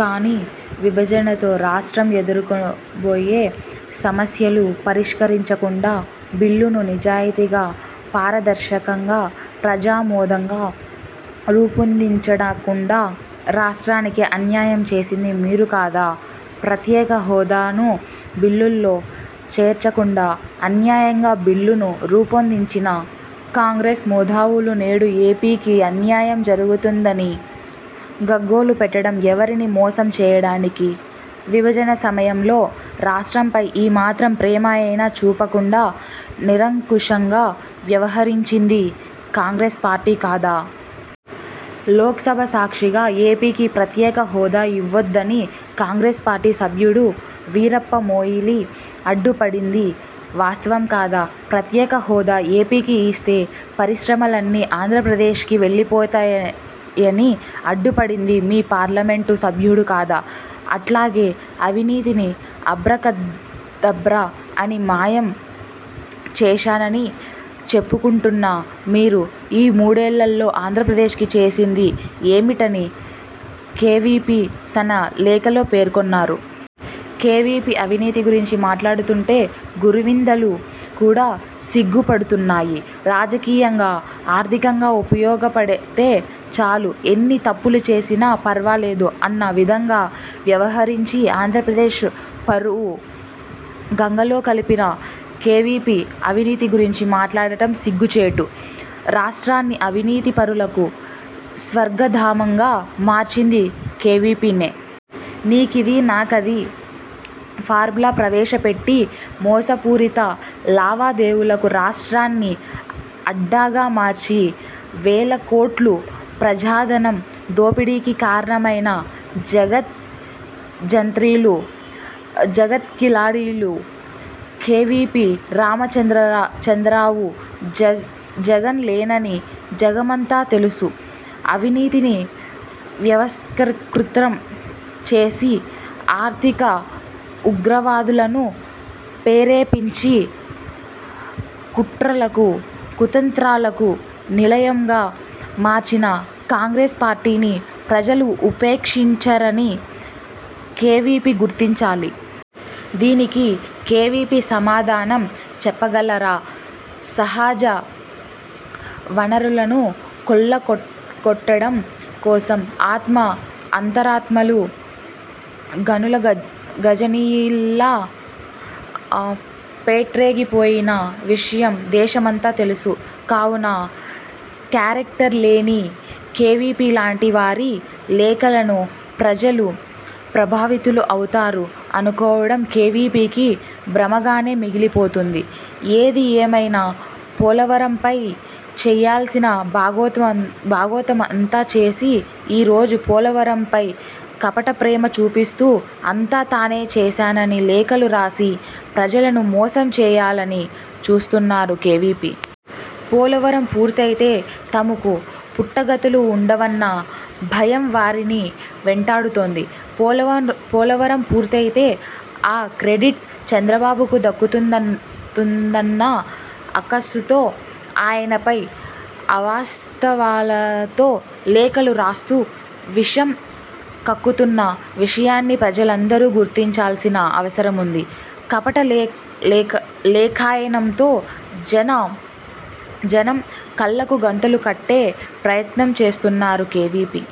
కానీ విభజనతో రాష్ట్రం ఎదుర్కొబోయే సమస్యలు పరిష్కరించకుండా బిల్లును నిజాయితీగా, పారదర్శకంగా, ప్రజామోదంగా రూపొందించకుండా రాష్ట్రానికి అన్యాయం చేసింది మీరు కాదా? ప్రత్యేకహోదాను బిల్లులో చేర్చకుండా అన్యాయంగా బిల్లును రూపొందించిన కాంగ్రెస్ మేధావులు నేడు ఏపీకి అన్యాయం జరుగుతుందని గగ్గోలుపెట్టడం ఎవరిని మోసం చేయడానికి? విభజన సమయంలో రాష్ట్రంపై ఈ మాత్రం ప్రేమ అయినా చూపకుండా నిరంకుశంగా వ్యవహరించింది కాంగ్రెస్ పార్టీ కాదా? లోక్సభ సాక్షిగా ఏపీకి ప్రత్యేకహోదా ఇవ్వొద్దని కాంగ్రెస్ పార్టీ సభ్యుడు వీరప్ప మొయిలీ అడ్డుపడింది వాస్తవం కాదా? ప్రత్యేకహోదా ఏపీకి ఇస్తే పరిశ్రమలన్నీ ఆంధ్రప్రదేశ్కి వెళ్లిపోతాయని అడ్డుపడింది మీ పార్లమెంటు సభ్యుడు కాదా? అట్లాగే అవినీతిని అభ్రకదభ్ర అని మాయం చేశానని చెప్పుకుంటున్న మీరు ఈ మూడేళ్లలో ఆంధ్రప్రదేశ్కి చేసింది ఏమిటని కేవీపీ తన లేఖలో పేర్కొన్నారు. కేవీపీ అవినీతి గురించి మాట్లాడుతుంటే గురివిందలు కూడా సిగ్గుపడుతున్నాయి. రాజకీయంగా, ఆర్థికంగా ఉపయోగపడితే చాలు ఎన్ని తప్పులు చేసినా పర్వాలేదు అన్న విధంగా వ్యవహరించి ఆంధ్రప్రదేశ్ పరువు గంగలో కలిపిన కేవీపీ అవినీతి గురించి మాట్లాడటం సిగ్గుచేటు. రాష్ట్రాన్ని అవినీతి పరులకు స్వర్గధామంగా మార్చింది కేవీపీనే. నీకిది, నాకది ఫార్ములా ప్రవేశపెట్టి మోసపూరిత లావాదేవీలకు రాష్ట్రాన్ని అడ్డాగా మార్చి వేలకోట్లు ప్రజాధనం దోపిడీకి కారణమైన జగత్ జంత్రీలు, జగత్కిలాడీలు కేవీపీ రామచంద్రరావు, జగన్ లేనని జగమంతా తెలుసు. అవినీతిని వ్యవస్థీకృతం చేసి ఆర్థిక ఉగ్రవాదులను ప్రేరేపించి కుట్రలకు, కుతంత్రాలకు నిలయంగా మార్చిన కాంగ్రెస్ పార్టీని ప్రజలు ఉపేక్షించరని కేవీపీ గుర్తించాలి. దీనికి కేవీపీ సమాధానం చెప్పగలరా? సహజ వనరులను కొల్లగొట్టడం కోసం ఆత్మ, అంతరాత్మలు గనుల గజనీల్లా పేట్రేగిపోయిన విషయం దేశమంతా తెలుసు. కావున క్యారెక్టర్ లేని కేవీపీ లాంటి వారి లేఖలకు ప్రజలు ప్రభావితులు అవుతారు అనుకోవడం కేవీపీకి భ్రమగానే మిగిలిపోతుంది. ఏది ఏమైనా పోలవరంపై చేయాల్సిన బాగోతం అంతా చేసి ఈ రోజు పోలవరంపై కపట ప్రేమ చూపిస్తూ అంతా తానే చేశానని లేఖలు రాసి ప్రజలను మోసం చేయాలని చూస్తున్నారు కేవీపీ. పోలవరం పూర్తయితే తమకు పుట్టగతులు ఉండవన్న భయం వారిని వెంటాడుతోంది. పోలవరం పూర్తయితే ఆ క్రెడిట్ చంద్రబాబుకు దక్కుతుందన్న అక్కసుతో ఆయనపై అవాస్తవాలతో లేఖలు రాస్తూ విషం కక్కుతున్న విషయాన్ని ప్రజలందరూ గుర్తించాల్సిన అవసరముంది. కపట లేఖాయనంతో జనం కళ్లకు గంతలు కట్టే ప్రయత్నం చేస్తున్నారు కేవీపీ.